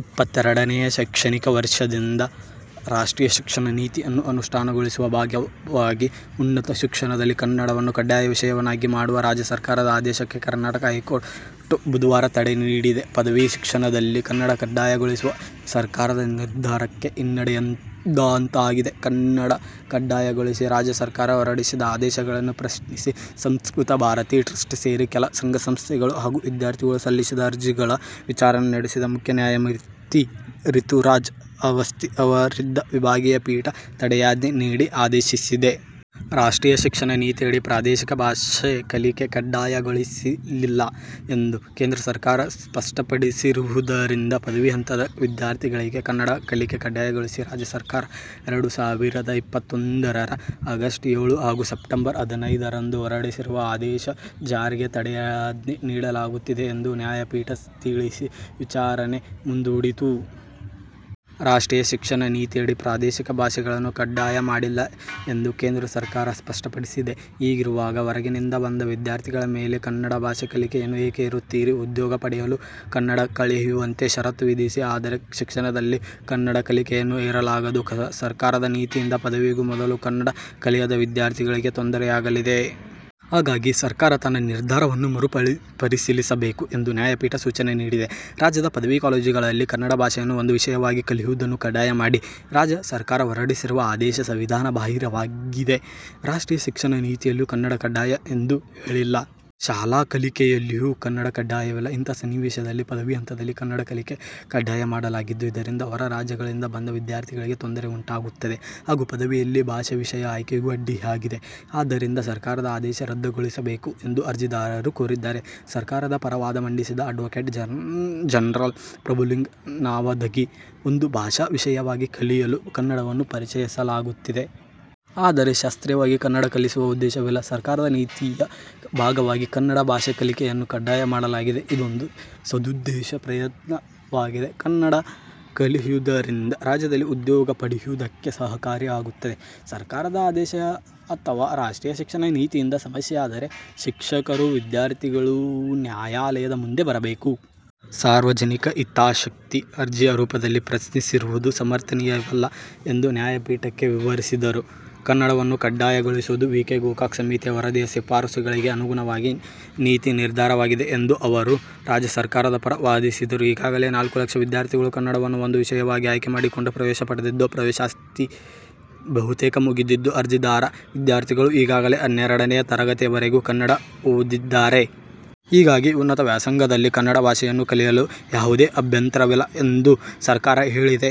ಇಪ್ಪತ್ತೆರಡನೇ ಶೈಕ್ಷಣಿಕ ವರ್ಷದಿಂದ ರಾಷ್ಟ್ರೀಯ ಶಿಕ್ಷಣ ನೀತಿ ಅನ್ನು ಅನುಷ್ಠಾನಗೊಳಿಸುವ ಭಾಗವಾಗಿ ಉನ್ನತ ಶಿಕ್ಷಣದಲ್ಲಿ ಕನ್ನಡವನ್ನು ಕಡ್ಡಾಯ ವಿಷಯವನ್ನಾಗಿ ಮಾಡುವ ರಾಜ್ಯ ಸರ್ಕಾರದ ಆದೇಶಕ್ಕೆ ಕರ್ನಾಟಕ ಹೈಕೋರ್ಟ್ ಬುಧವಾರ ತಡೆ ನೀಡಿದೆ. ಪದವಿ ಶಿಕ್ಷಣದಲ್ಲಿ ಕನ್ನಡ ಕಡ್ಡಾಯಗೊಳಿಸುವ ಸರ್ಕಾರದ ನಿರ್ಧಾರಕ್ಕೆ ಹಿನ್ನಡೆಯಾದಂತಾಗಿದೆ. ಕನ್ನಡ ಕಡ್ಡಾಯಗೊಳಿಸಿ ರಾಜ್ಯ ಸರ್ಕಾರ ಹೊರಡಿಸಿದ್ದ ಆದೇಶಗಳನ್ನು ಪ್ರಶ್ನಿಸಿ ಸಂಸ್ಕೃತ ಭಾರತಿ ಟ್ರಸ್ಟ್ ಸೇರಿ ಕೆಲ ಸಂಘ-ಸಂಸ್ಥೆಗಳು ಹಾಗೂ ವಿದ್ಯಾರ್ಥಿಗಳು ಸಲ್ಲಿಸಿದ್ದ ಅರ್ಜಿಗಳ ವಿಚಾರಣೆ ನಡೆಸಿದ ಮುಖ್ಯ ನ್ಯಾಯಮೂರ್ತಿ ರಿತುರಾಜ್ ಅವಸ್ಥಿ ಅವರಿದ್ದ ವಿಭಾಗೀಯ ಪೀಠ ತಡೆಯಾಜ್ಞೆ ನೀಡಿ ಆದೇಶಿಸಿದೆ. ರಾಷ್ಟ್ರೀಯ ಶಿಕ್ಷಣ ನೀತಿಯಡಿ ಪ್ರಾದೇಶಿಕ ಭಾಷೆ ಕಲಿಕೆ ಕಡ್ಡಾಯಗೊಳಿಸಿಲ್ಲ ಎಂದು ಕೇಂದ್ರ ಸರ್ಕಾರ ಸ್ಪಷ್ಟಪಡಿಸಿರುವುದರಿಂದ ಪದವಿ ಹಂತದ ವಿದ್ಯಾರ್ಥಿಗಳಿಗೆ ಕನ್ನಡ ಕಲಿಕೆ ಕಡ್ಡಾಯಗೊಳಿಸಿ ರಾಜ್ಯ ಸರ್ಕಾರ ಎರಡು ಸಾವಿರದ ಇಪ್ಪತ್ತೊಂದರರ ಆಗಸ್ಟ್ ಏಳು ಹಾಗೂ ಸೆಪ್ಟೆಂಬರ್ ಹದಿನೈದರಂದು ಹೊರಡಿಸಿರುವ ಆದೇಶ ಜಾರಿಗೆ ತಡೆಯಾಜ್ಞೆ ನೀಡಲಾಗುತ್ತಿದೆ ಎಂದು ನ್ಯಾಯಪೀಠ ತಿಳಿಸಿ ವಿಚಾರಣೆ ಮುಂದೂಡಿತು. ರಾಷ್ಟ್ರೀಯ ಶಿಕ್ಷಣ ನೀತಿಯಡಿ ಪ್ರಾದೇಶಿಕ ಭಾಷೆಗಳನ್ನು ಕಡ್ಡಾಯ ಮಾಡಿಲ್ಲ ಎಂದು ಕೇಂದ್ರ ಸರ್ಕಾರ ಸ್ಪಷ್ಟಪಡಿಸಿದೆ. ಹೀಗಿರುವಾಗ ಹೊರಗಿನಿಂದ ಬಂದ ವಿದ್ಯಾರ್ಥಿಗಳ ಮೇಲೆ ಕನ್ನಡ ಭಾಷೆ ಕಲಿಕೆಯನ್ನು ಏಕೆ ಹೇರುತ್ತೀರಿ? ಉದ್ಯೋಗ ಪಡೆಯಲು ಕನ್ನಡ ಕಲಿಯುವಂತೆ ಷರತ್ತು ವಿಧಿಸಿ. ಆದರೆ, ಶಿಕ್ಷಣದಲ್ಲಿ ಕನ್ನಡ ಕಲಿಕೆಯನ್ನು ಹೇರಲಾಗದು. ಸರ್ಕಾರದ ನೀತಿಯಿಂದ ಪದವಿಗೂ ಮೊದಲು ಕನ್ನಡ ಕಲಿಯದ ವಿದ್ಯಾರ್ಥಿಗಳಿಗೆ ತೊಂದರೆಯಾಗಲಿದೆ. ಹಾಗಾಗಿ ಸರ್ಕಾರ ತನ್ನ ನಿರ್ಧಾರವನ್ನು ಮರು ಪರಿಶೀಲಿಸಬೇಕು ಎಂದು ನ್ಯಾಯಪೀಠ ಸೂಚನೆ ನೀಡಿದೆ. ರಾಜ್ಯದ ಪದವಿ ಕಾಲೇಜುಗಳಲ್ಲಿ ಕನ್ನಡ ಭಾಷೆಯನ್ನು ಒಂದು ವಿಷಯವಾಗಿ ಕಲಿಯುವುದನ್ನು ಕಡ್ಡಾಯ ಮಾಡಿ ರಾಜ್ಯ ಸರ್ಕಾರ ಹೊರಡಿಸಿರುವ ಆದೇಶ ಸಂವಿಧಾನ ಬಾಹಿರವಾಗಿದೆ. ರಾಷ್ಟ್ರೀಯ ಶಿಕ್ಷಣ ನೀತಿಯಲ್ಲೂ ಕನ್ನಡ ಕಡ್ಡಾಯ ಎಂದು ಹೇಳಿಲ್ಲ. ಶಾಲಾ ಕಲಿಕೆಯಲ್ಲೂ ಕನ್ನಡ ಕಡ್ಡಾಯವಿಲ್ಲ. ಇಂತಹ ಸನ್ನಿವೇಶದಲ್ಲಿ ಪದವಿ ಹಂತದಲ್ಲಿ ಕನ್ನಡ ಕಲಿಕೆ ಕಡ್ಡಾಯ ಮಾಡಲಾಗಿದೆ. ಇದರಿಂದ ಹೊರ ರಾಜ್ಯಗಳಿಂದ ಬಂದ ವಿದ್ಯಾರ್ಥಿಗಳಿಗೆ ತೊಂದರೆ ಉಂಟಾಗುತ್ತದೆ ಹಾಗೂ ಪದವಿಯಲ್ಲಿ ಭಾಷೆ ವಿಷಯ ಆಯ್ಕೆಗೂ ಅಡ್ಡಿಯಾಗಿದೆ. ಆದ್ದರಿಂದ ಸರ್ಕಾರದ ಆದೇಶ ರದ್ದುಗೊಳಿಸಬೇಕು ಎಂದು ಅರ್ಜಿದಾರರು ಕೋರಿದ್ದರು. ಸರ್ಕಾರದ ಪರ ವಾದ ಮಂಡಿಸಿದ ಅಡ್ವೋಕೇಟ್ ಜನರಲ್ ಪ್ರಭುಲಿಂಗ ನಾವದಗಿ, ಒಂದು ಭಾಷಾ ವಿಷಯವಾಗಿ ಕಲಿಯಲು ಕನ್ನಡವನ್ನು ಪರಿಚಯಿಸಲಾಗುತ್ತಿದೆ. ಆದರೆ, ಶಾಸ್ತ್ರೀಯವಾಗಿ ಕನ್ನಡ ಕಲಿಸುವ ಉದ್ದೇಶವಿಲ್ಲ. ಸರ್ಕಾರದ ನೀತಿಯ ಭಾಗವಾಗಿ ಕನ್ನಡ ಭಾಷೆ ಕಲಿಕೆಯನ್ನು ಕಡ್ಡಾಯ ಮಾಡಲಾಗಿದೆ. ಇದೊಂದು ಸದುದ್ದೇಶದ ಪ್ರಯತ್ನವಾಗಿದೆ. ಕನ್ನಡ ಕಲಿಯುವುದರಿಂದ ರಾಜ್ಯದಲ್ಲಿ ಉದ್ಯೋಗ ಪಡೆಯುವುದಕ್ಕೆ ಸಹಕಾರಿಯಾಗುತ್ತದೆ. ಸರ್ಕಾರದ ಆದೇಶ ಅಥವಾ ರಾಷ್ಟ್ರೀಯ ಶಿಕ್ಷಣ ನೀತಿಯಿಂದ ಸಮಸ್ಯೆಯಾದರೆ ಶಿಕ್ಷಕರು, ವಿದ್ಯಾರ್ಥಿಗಳು ನ್ಯಾಯಾಲಯದ ಮುಂದೆ ಬರಬೇಕು. ಸಾರ್ವಜನಿಕ ಹಿತಾಸಕ್ತಿ ಅರ್ಜಿಯ ರೂಪದಲ್ಲಿ ಪ್ರಶ್ನಿಸಿರುವುದು ಸಮರ್ಥನೀಯವಲ್ಲ ಎಂದು ನ್ಯಾಯಪೀಠಕ್ಕೆ ವಿವರಿಸಿದರು. ಕನ್ನಡವನ್ನು ಕಡ್ಡಾಯಗೊಳಿಸುವುದು ವಿಕೆ ಗೋಕಾಕ್ ಸಮಿತಿಯ ವರದಿಯ ಶಿಫಾರಸುಗಳಿಗೆ ಅನುಗುಣವಾಗಿ ನೀತಿ ನಿರ್ಧಾರವಾಗಿದೆ ಎಂದು ಅವರು ರಾಜ್ಯ ಸರ್ಕಾರದ ಪರ ವಾದಿಸಿದರು. ಈಗಾಗಲೇ ನಾಲ್ಕು ಲಕ್ಷ ವಿದ್ಯಾರ್ಥಿಗಳು ಕನ್ನಡವನ್ನು ಒಂದು ವಿಷಯವಾಗಿ ಆಯ್ಕೆ ಮಾಡಿಕೊಂಡು ಪ್ರವೇಶ ಪಡೆದಿದ್ದು, ಪ್ರವೇಶಾತಿ ಬಹುತೇಕ ಮುಗಿದಿದ್ದು, ಅರ್ಜಿದಾರ-ವಿದ್ಯಾರ್ಥಿಗಳು ಈಗಾಗಲೇ ಹನ್ನೆರಡನೇ ತರಗತಿವರೆಗೆ ಕನ್ನಡ ಓದಿದ್ದಾರೆ. ಹೀಗಾಗಿ ಉನ್ನತ ವ್ಯಾಸಂಗದಲ್ಲಿ ಕನ್ನಡ ಭಾಷೆಯನ್ನು ಕಲಿಯಲು ಯಾವುದೇ ಅಭ್ಯಂತರವಿಲ್ಲ ಎಂದು ಸರ್ಕಾರ ಹೇಳಿದೆ.